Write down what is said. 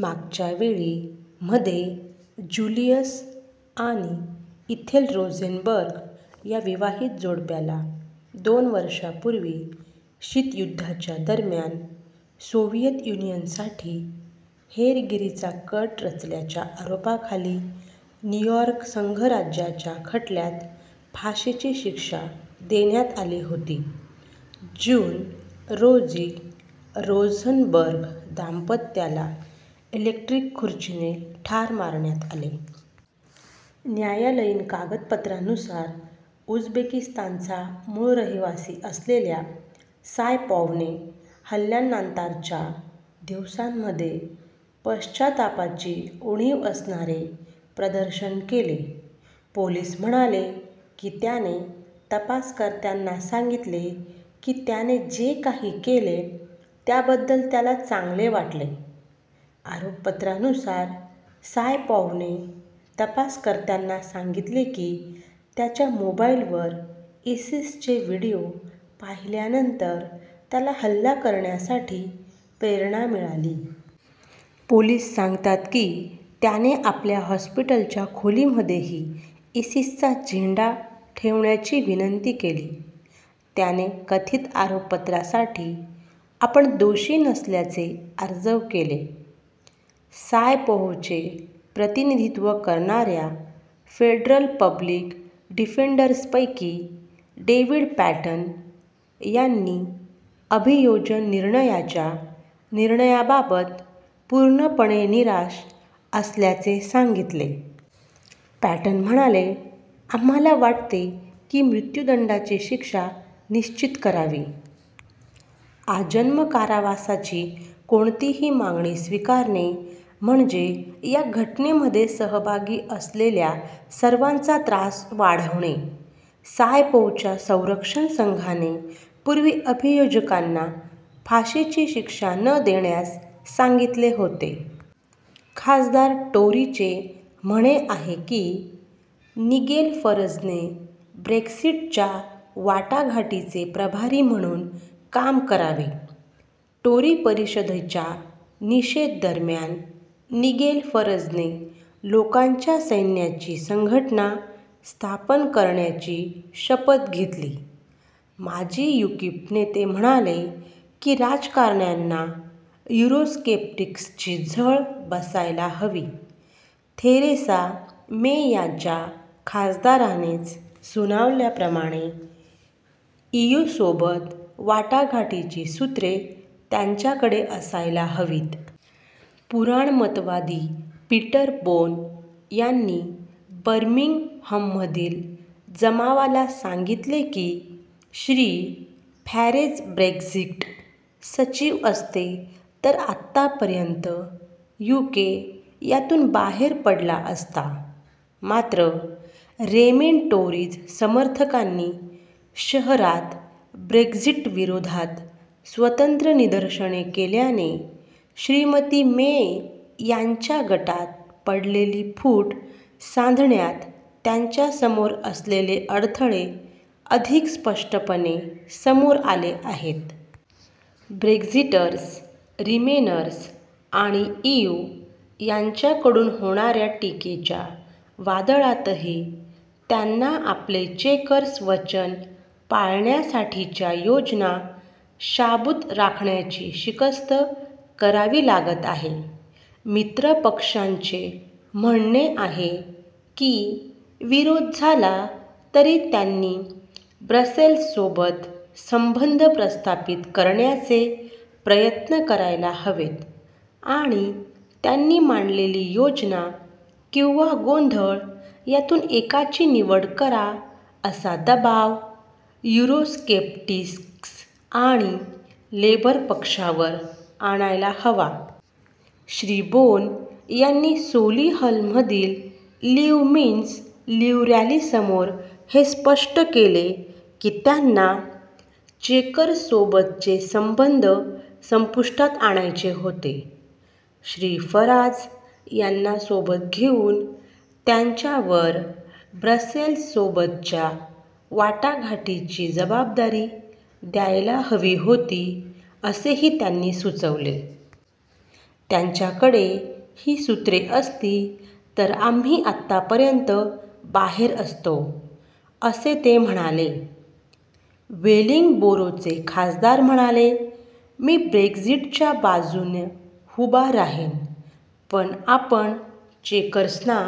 मागच्या वेळी मध्ये जुलियस आणि इथेल रोझेनबर्ग, या विवाहित जोडप्याला दोन वर्षापूर्वी शीतयुद्धाच्या दरम्यान सोव्हियत युनियनसाठी हेरगिरीचा कट रचल्याच्या आरोपाखाली न्यूयॉर्क संघराज्याच्या खटल्यात फाशीची शिक्षा देण्यात आली होती. जून, रोजी रोझनबर्ग दांपत्याला इलेक्ट्रिक खुर्चीने ठार मारण्यात आले. न्यायालयीन कागदपत्रांनुसार, उझबेकिस्तानचा मूळ रहिवासी, असलेल्या सायपॉव्हने, हल्ल्यानान्तार्च्या दिवसांमध्ये पश्चातापाची उणीव असणारे प्रदर्शन केले. पोलीस म्हणाले की त्याने तपासकर्त्यांना सांगितले की त्याने जे काही केले त्याबद्दल त्याला चांगले वाटले. आरोपपत्रानुसार, सायपॉव्हने तपासकर्त्यांना सांगितले कि, त्याच्या मोबाईलवर इसीसचे व्हिडीओ पाहिल्यानंतर त्याला हल्ला करण्यासाठी प्रेरणा मिळाली. पोलीस सांगतात कि, त्याने आपल्या हॉस्पिटलच्या खोलीमध्येही इसीसचा झेंडा ठेवण्याची विनंती केली. त्याने कथित आरोपपत्रासाठी आपण दोषी नसल्याचे आर्जव केले. सायपोव्हचे प्रतिनिधीत्व करणाऱ्या फेडरल पब्लिक डिफेंडरंपैकी डेव्हिड पॅटन यांनी अभियोजन निर्णयाच्या निर्णयाबाबत "पूर्णपणे निराश" असल्याचे सांगितले. पॅटन म्हणाले, "आम्हाला वाटते की मृत्युदंडाची शिक्षा निश्चित करावी, आजन्म कारावासाची कोणतीही मागणी स्वीकारणे म्हणजे या घटनेमध्ये सहभागी असलेल्या सर्वांचा त्रास वाढवणे. सायपोव्हच्या संरक्षण संघाने पूर्वी अभियोजकांना फाशीची शिक्षा न देण्यास सांगितले होते. खासदार टोरीचे म्हणे आहे की, निगेल फरजने ब्रेक्सिटच्या वाटाघाटीचे प्रभारी म्हणून काम करावे. टोरी परिषदेच्या निषेध दरम्यान निगेल फरजने 'लोकांच्या सैन्याची संघटना' स्थापन करण्याची शपथ घेतली. माजी यूकिप नेते म्हणाले की राजकारण्यांना युरोस्केप्टिक्सची झळ बसायला हवी- थेरेसा मे यांच्या खासदारानेच सुचवल्याप्रमाणे, ईयूसोबत वाटाघाटीची सूत्रे त्यांच्याकडे असायला हवीत. पुराणमतवादी पीटर बोन यांनी बर्मिंगहममधील जमावाला सांगितले की श्री. फॅरेज ब्रेक्झिट सचिव असते तर आतापर्यंत यूके 'यातून बाहेर पडला असता'. मात्र, रेमेन टोरीज समर्थकांनी शहरात ब्रेक्झिटविरोधात स्वतंत्र निदर्शने केल्याने श्रीमती मे यांच्या गटात पडलेली फूट सांधण्यात त्यांच्यासमोर असलेले अडथळे अधिक स्पष्टपणे समोर आले आहेत. ब्रेक्झिटर्स, रीमेनर्स आणि ईयू यांच्याकडून होणाऱ्या टीकेच्या वादळातही त्यांना आपले चेकर्स वचन पाळण्यासाठीच्या योजना शाबूत राखण्याची शिकस्त करावी लागत आहे. मित्र पक्षांचे म्हणणे आहे की विरोध झाला तरी त्यांनी ब्रसेल्ससोबत संबंध प्रस्थापित करण्याचे प्रयत्न करायला हवेत आणि त्यांनी मांडलेली योजना किंवा 'गोंधळ' यातून एकाची निवड करा असा दबाव युरोस्केप्टिक्स आणि लेबर पक्षावर आणायला हवा. श्री. बोन यांनी सोलिहलमधील लीव्ह मीन्स लीव्ह रॅलीसमोर हे स्पष्ट केले की त्यांना 'चेकर्ससोबतचे संबंध संपुष्टात आणायचे होते'. श्री. फराज यांना सोबत घेऊन त्यांच्यावर ब्रसेल्ससोबतच्या वाटाघाटींची जबाबदारी द्यायला हवी होती, असेही त्यांनी सुचवले. त्यांच्याकडे ही सुत्रे असती तर आम्ही आतापर्यंत बाहेर असतो,' असे ते म्हणाले. वेलिंगबोरोचे खासदार म्हणाले: "मी ब्रेक्झिटच्या बाजून उभा राहीन, पण आपण चेकर्सना